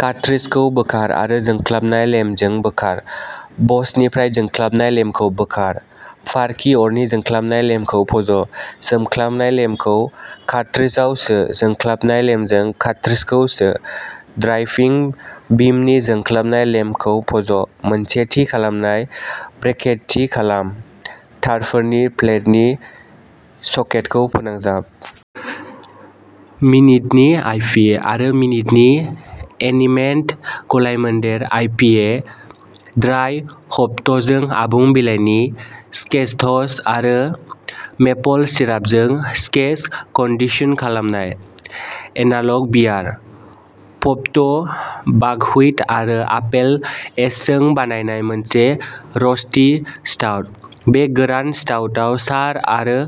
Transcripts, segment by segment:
Cartridge खौ बोखार आरो जोंख्लाबनाय लेम्पजों बोखार। बसनिफ्राय जोंख्लाबनाय लेम्पखौ बोखार। पार्किं अरनि जोंख्लाबनाय लेम्पखौ फज'। जोंख्लाबनाय लेम्पखौ कार्ट्रिजआव सो। जोंख्लाबनाय लेम्पजों कार्ट्रिजखौ सो। ड्राइभिं बिमनि जोंख्लाबनाय लेम्पखौ फज'। मोनसे थि खालामनाय ब्रेकेट थि खालाम, तारफोरनि प्लेतनि सकेटखौ फोनांजाब।.। मिनिटनि आइपिएः आरो मिनिटनि एनिमेटेड गलायमोन्देर आइपिए ड्राइ-ह'प्डजों आबुं बिलाइनि केस्केड्स आरो मेपल सिरापजों केस्क-कन्डिसन खालामनाय। एनाल'ग बियारः पप्ड बाकहुइट आरो आपेल एशजों बानायनाय मोनसे र'स्टि स्टाउट। बे गोरान स्टाउटआव चार आरो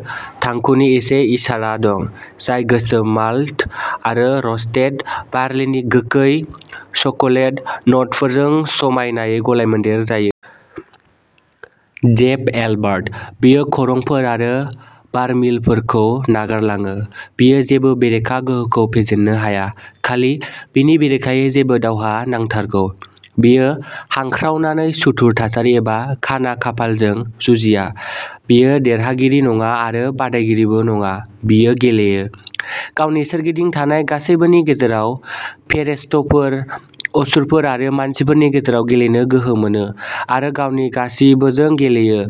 थांखुनि एसे इसारा दं जाय गोसोम माल्ट आरो र'स्टेड बार्लिनि गोखै चकलेट न'टफोरजों समायनायै गलायमोन्देर जायो। जेफ एल्बार्ट, बियो खरंफोर आरो बार-मिलफोरखौ नागारलाङो, बियो जेबो बेरेखा गोहोखौ फेजेननो हाया। खालि, बिनि बेरेखायै जेबो दावहा नांथारगौ। बियो हांख्रावनानै सुथुर थासारि एबा खाना खाफालजों जुजिया; बियो देरहागिरि नङा आरो बादायगिरिबो नङा-बियो गेलेयो, गावनि सोरगिदिं थानाय गासैबोनि गेजेराव, फेरेश्तफोर, असुरफोर आरो मानसिफोरनि गेजेराव गेलेनो गोहो मोनो, आरो गावनि गासिबोजों गेलेयो,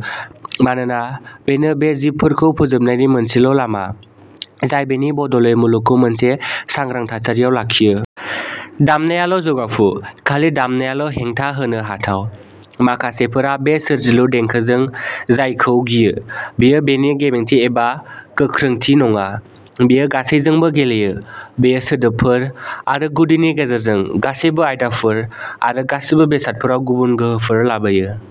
मानोना बेनो बे जिबफोरखौ फोजाबनायनि मोनसेल'लामा, जाय बेनि बदलै मुलुगखौ मोनसे सांग्रां थासारियाव लाखियो। दामनायाल'जौगाफु, खालि दामनायाल'हेंथा होनो हाथाव। माखासेफोरा बे "सोरजिलु" देंखोजों जायखौ गियो, बेयो बेनि गेबेंथि एबा गोख्रोंथि नङा, बेयो गासैबोजों गेलेयो, बेयो सोदोबफोर आरो गुदिनि गेजेरजों गासैबो आयदाफोर आरो गासैबो बेसादफोराव गुबुन गोहोफोर लाबोयो।